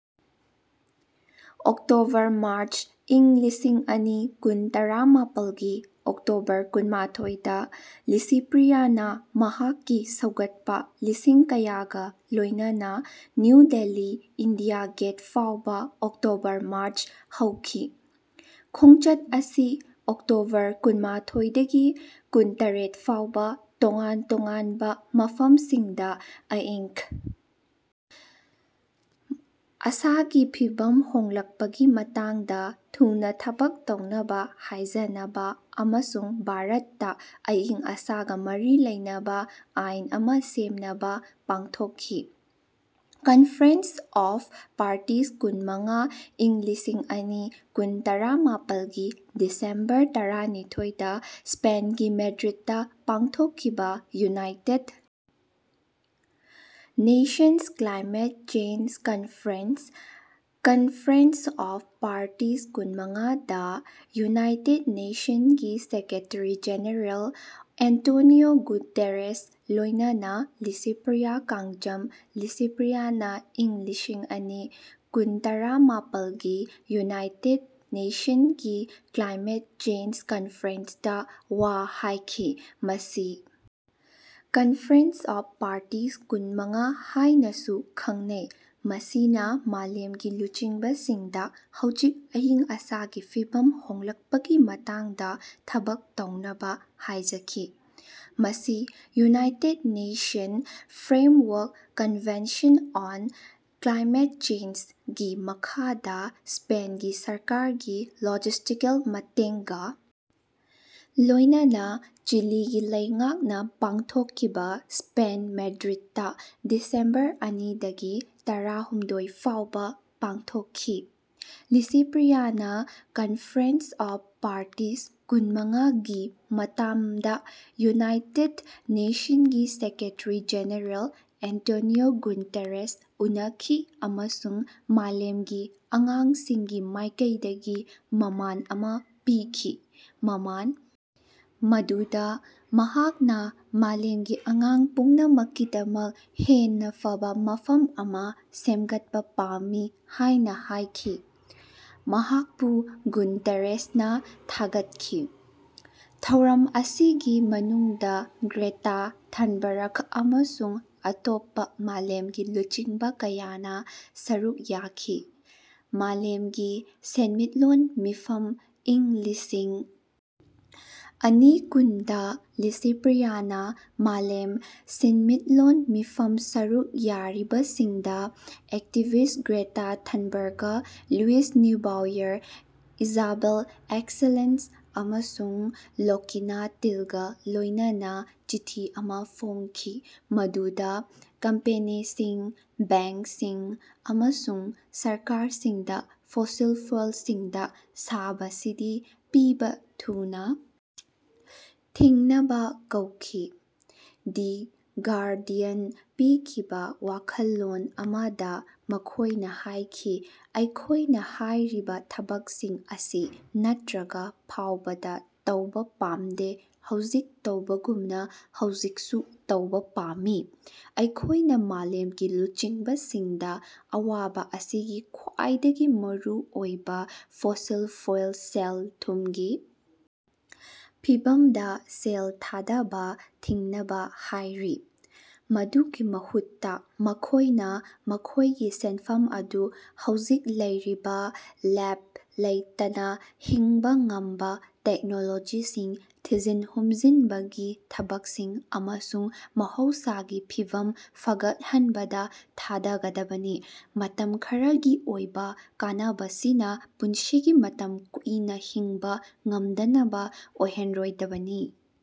October March ꯏꯪ ꯂꯤꯁꯤꯡ ꯑꯅꯤ ꯀꯨꯟ ꯇꯔꯥꯃꯥꯄꯜꯒꯤ ꯑꯣꯛꯇꯣꯕꯔ ꯀꯨꯟꯃꯊꯣꯏꯗ ꯂꯤꯁꯤꯄ꯭ꯔꯤꯌꯥꯅ ꯃꯍꯥꯛꯀꯤ ꯁꯧꯒꯠꯄ ꯂꯤꯁꯤꯡ ꯀꯌꯥꯒ ꯂꯣꯏꯅꯅ ꯅ꯭ꯌꯨ ꯗꯤꯜꯂꯤ ꯏꯟꯗꯤꯌꯥ ꯒꯦꯠ ꯐꯥꯎꯕ ꯑꯣꯛꯇꯣꯕꯔ ꯃꯥꯔꯆ ꯍꯧꯈꯤ꯫ ꯈꯣꯡꯆꯠ ꯑꯁꯤ ꯑꯣꯛꯇꯣꯕꯔ ꯀꯨꯟꯃꯊꯣꯏꯗꯒꯤ ꯀꯨꯟꯇꯔꯦꯠ ꯐꯥꯎꯕ ꯇꯣꯉꯥꯟ ꯇꯣꯉꯥꯟꯕ ꯃꯐꯝꯁꯤꯡꯗ ꯑꯏꯪ ꯑꯁꯥꯒꯤ ꯐꯤꯚꯝ ꯍꯣꯡꯂꯛꯄꯒꯤ ꯃꯇꯥꯡꯗ ꯊꯨꯅ ꯊꯕꯛ ꯇꯧꯅꯕ ꯍꯥꯏꯖꯅꯕ ꯑꯃꯁꯨꯡ ꯚꯥꯔꯠꯇ ꯑꯏꯪ ꯑꯁꯥꯒ ꯃꯔꯤ ꯂꯩꯅꯕ ꯑꯥꯏꯟ ꯑꯃ ꯁꯦꯝꯅꯕ ꯄꯥꯡꯊꯣꯛꯈꯤ꯫ ꯀꯟꯐꯦꯔꯦꯟꯁ ꯑꯣꯐ ꯄꯥꯔꯇꯤꯁ ꯀꯨꯟꯃꯉꯥ ꯏꯪ ꯂꯤꯁꯤꯡ ꯑꯅꯤ ꯀꯨꯟ ꯇꯔꯥꯃꯥꯄꯜꯒꯤ ꯗꯤꯁꯦꯝꯕꯔ ꯇꯔꯥꯅꯤꯊꯣꯏꯗ ꯁ꯭ꯄꯦꯟꯒꯤ ꯃꯦꯗ꯭ꯔꯤꯗꯇ ꯄꯥꯡꯊꯣꯛꯈꯤꯕ United Nations climate change conference (conference of parties ꯀꯨꯟꯃꯉꯥ) ꯗꯥ ꯌꯨꯅꯥꯏꯇꯦꯗ ꯅꯦꯁꯟ ꯒꯤ ꯁꯦꯀ꯭ꯔꯦꯇꯔꯤ ꯖꯦꯅꯔꯦꯜ ꯑꯦꯟꯇꯣꯅꯤꯑꯣ ꯒꯨꯇꯦꯔꯦꯁ ꯂꯣꯏꯅꯅ ꯂꯤꯁꯤꯄ꯭ꯔꯤꯌꯥ ꯀꯡꯒꯨꯖꯥꯝ ꯂꯤꯁꯤꯄ꯭ꯔꯤꯌꯥꯅ ꯏꯪ ꯂꯤꯁꯤꯡ ꯑꯅꯤ ꯀꯨꯟ ꯇꯔꯥꯃꯥꯄꯜꯒꯤ ꯌꯨꯅꯥꯏꯇꯦꯗ ꯅꯦꯁꯟꯒꯤ ꯀ꯭ꯂꯥꯏꯃꯦꯠ ꯆꯦꯟꯖ ꯀꯟꯐꯔꯦꯟꯁꯇꯥ ꯋꯥ ꯍꯥꯏꯈꯤ ꯃꯁꯤ ꯀꯟꯐꯦꯔꯦꯟꯁ ꯑꯣꯐ ꯄꯥꯔꯇꯤꯁ ꯀꯨꯟ ꯃꯉꯥ ꯍꯥꯏꯅꯁꯨ ꯈꯪꯅꯩ, ꯃꯁꯤꯅ ꯃꯥꯂꯦꯝꯒꯤ ꯂꯨꯆꯤꯡꯕꯁꯤꯡꯗ ꯍꯧꯖꯤꯛ ꯑꯏꯪ ꯑꯁꯥꯒꯤ ꯐꯤꯚꯝ ꯍꯣꯡꯂꯛꯄꯒꯤ ꯃꯇꯥꯡꯗ ꯊꯕꯛ ꯇꯧꯅꯕ ꯍꯥꯏꯖꯈꯤ꯫ ꯃꯁꯤ (United Nations framework convention on climate change) ꯒꯤ ꯃꯈꯥꯗ ꯁ꯭ꯄꯦꯟꯒꯤ ꯁꯔꯀꯥꯔꯒꯤ ꯂꯣꯖꯤꯁ꯭ꯇꯤꯀꯦꯜ ꯃꯇꯦꯡꯒ ꯂꯣꯏꯅꯅ ꯆꯤꯂꯤꯒꯤ ꯂꯩꯉꯥꯛꯅ ꯄꯥꯡꯊꯣꯛꯈꯤꯕ ꯁ꯭ꯄꯦꯟ ꯃꯦꯗ꯭ꯔꯤꯗꯇ ꯗꯤꯁꯦꯝꯕꯔ ꯑꯅꯤꯗꯒꯤ ꯇꯔꯥꯍꯨꯝꯗꯣꯏ ꯐꯥꯎꯕ ꯄꯥꯡꯊꯣꯛꯈꯤ꯫ ꯂꯤꯁꯤꯄ꯭ꯔꯤꯌꯥꯅ ꯀꯟꯐꯔꯦꯟꯁ ꯑꯣꯐ ꯄꯥꯔꯇꯤꯁ ꯀꯨꯟꯃꯉꯥ ꯒꯤ ꯃꯇꯝꯗ ꯌꯨꯅꯥꯏꯇꯦꯗ ꯅꯦꯁꯟꯁ ꯒꯤ ꯁꯦꯀ꯭ꯔꯦꯇꯔꯤ-ꯖꯦꯅꯔꯦꯜ ꯑꯦꯟꯇꯣꯅꯤꯑꯣ ꯒꯨꯇꯦꯔꯦꯁ ꯎꯅꯈꯤ ꯑꯃꯁꯨꯡ ꯃꯥꯂꯦꯝꯒꯤ ꯑꯉꯥꯡꯁꯤꯡꯒꯤ ꯃꯥꯏꯀꯩꯗꯒꯤ ꯃꯃꯥꯟ ꯑꯃ ꯄꯤꯈꯤ꯫ ꯃꯃꯥꯟ ꯑꯗꯨꯗ ꯃꯍꯥꯛꯅ ꯃꯥꯂꯦꯝꯒꯤ ꯑꯉꯥꯡ ꯄꯨꯝꯅꯃꯛꯀꯤꯗꯃꯛ ꯍꯦꯟꯅ ꯐꯕ ꯃꯐꯝ ꯑꯃ ꯁꯦꯝꯒꯠꯄ ꯄꯥꯝꯃꯤ ꯍꯥꯏꯅ ꯍꯥꯏꯈꯤ꯫ ꯃꯍꯥꯛꯄꯨ ꯒꯨꯇꯦꯔꯦꯁꯅ ꯊꯥꯒꯠꯈꯤ꯫ ꯊꯧꯔꯝ ꯑꯁꯤꯒꯤ ꯃꯅꯨꯡꯗ ꯒ꯭ꯔꯦꯇꯥ ꯊꯟꯕꯔ꯭ꯒ ꯑꯃꯁꯨꯡ ꯑꯇꯣꯞꯄ ꯃꯥꯂꯦꯝꯒꯤ ꯂꯨꯆꯤꯡꯕ ꯀꯌꯥꯅ ꯁꯔꯨꯛ ꯌꯥꯈꯤ꯫ ꯃꯥꯂꯦꯝꯒꯤ ꯁꯦꯟꯃꯤꯠꯂꯣꯟ ꯃꯤꯐꯝ ꯏꯪ ꯂꯤꯁꯤꯡ ꯑꯅꯤ ꯀꯨꯟ ꯗꯥ ꯂꯤꯁꯤꯄ꯭ꯔꯤꯌꯥꯅ ꯃꯥꯂꯦꯝ ꯁꯦꯟꯃꯤꯠꯂꯣꯟ ꯃꯤꯐꯝ ꯁꯔꯨꯛ ꯌꯥꯔꯤꯕꯁꯤꯡꯗ activists Greta Thunberg, Luisa Neubauer, Isabelle Axelsson, ꯑꯃꯁꯨꯡ ꯂꯣꯀꯤꯅꯥ ꯇꯤꯜꯒ ꯂꯣꯏꯅꯅꯥ ꯆꯤꯊꯤ ꯑꯃꯥ ꯐꯣꯡꯈꯤ, ꯃꯗꯨꯗ ꯀꯝꯄꯅꯤꯁꯤꯡ, ꯕꯦꯡꯛꯁꯤꯡ ꯑꯃꯁꯨꯡ ꯁꯔꯀꯥꯔꯁꯤꯡꯗ ꯐꯣꯁꯤꯜ ꯐ꯭ꯌꯨꯜꯁꯤꯡꯗ ꯁꯕꯁꯤꯗꯤ ꯄꯤꯕ ꯊꯨꯅ ꯊꯤꯡꯅꯕ ꯀꯧꯈꯤ꯫ ꯗꯤ ꯒꯥꯔꯗꯤꯌꯟ ꯄꯤꯈꯤꯕ ꯋꯥꯈꯜꯂꯣꯟ ꯑꯃꯗ ꯃꯈꯣꯏꯅ ꯍꯥꯏꯈꯤ ꯑꯩꯈꯣꯏꯅ ꯍꯥꯏꯔꯤꯕ ꯊꯕꯛꯁꯤꯡ ꯑꯁꯤ ꯅꯠꯇ꯭ꯔꯒ ꯐꯥꯎꯕꯗ ꯇꯧꯕ ꯄꯥꯝꯗꯦ ꯍꯧꯖꯤꯛ ꯇꯧꯕꯒꯨꯝꯅ ꯍꯧꯖꯤꯛꯁꯨ ꯇꯧꯕ ꯄꯥꯝꯃꯤ꯫ ꯑꯩꯈꯣꯏꯅ ꯃꯥꯂꯦꯝꯒꯤ ꯂꯨꯆꯤꯡꯕꯁꯤꯡꯗ ꯑꯋꯥꯕ ꯑꯁꯤꯒꯤ ꯈ꯭ꯋꯥꯏꯗꯒꯤ ꯃꯔꯨ ꯑꯣꯏꯕ ꯐꯣꯁꯤꯜ ꯐ꯭ꯌꯨꯜ ꯁꯦꯜ-ꯊꯨꯝꯒꯤ ꯐꯤꯕꯝꯗ ꯁꯦꯜ ꯊꯥꯗꯕ ꯊꯤꯡꯅꯕ ꯍꯥꯏꯔꯤ꯫ ꯃꯗꯨꯒꯤ ꯃꯍꯨꯠꯇ, ꯃꯈꯣꯏꯅ ꯃꯈꯣꯏꯒꯤ ꯁꯦꯟꯐꯝ ꯑꯗꯨ ꯍꯧꯖꯤꯛ ꯂꯩꯔꯤꯕ ꯂꯦꯞꯄ ꯂꯩꯇꯅ ꯍꯤꯡꯕ ꯉꯝꯕ ꯇꯦꯛꯅꯣꯂꯣꯖꯤꯁꯤꯡ, ꯊꯤꯖꯤꯟ-ꯍꯨꯝꯖꯤꯟꯕꯒꯤ ꯊꯕꯛꯁꯤꯡ ꯑꯃꯁꯨꯡ ꯃꯍꯧꯁꯥꯒꯤ ꯐꯤꯕꯝ ꯐꯒꯠꯍꯟꯕꯗ ꯊꯥꯗꯒꯗꯕꯅꯤ꯫ ꯃꯇꯝ ꯈꯔꯒꯤ ꯑꯣꯏꯕ ꯀꯥꯟꯅꯕꯁꯤꯅ ꯄꯨꯟꯁꯤꯒꯤ ꯃꯇꯝ ꯀꯨꯏꯅ ꯍꯤꯡꯕ ꯉꯝꯗꯅꯕ ꯑꯣꯏꯍꯟꯔꯣꯏꯗꯕꯅꯤ꯫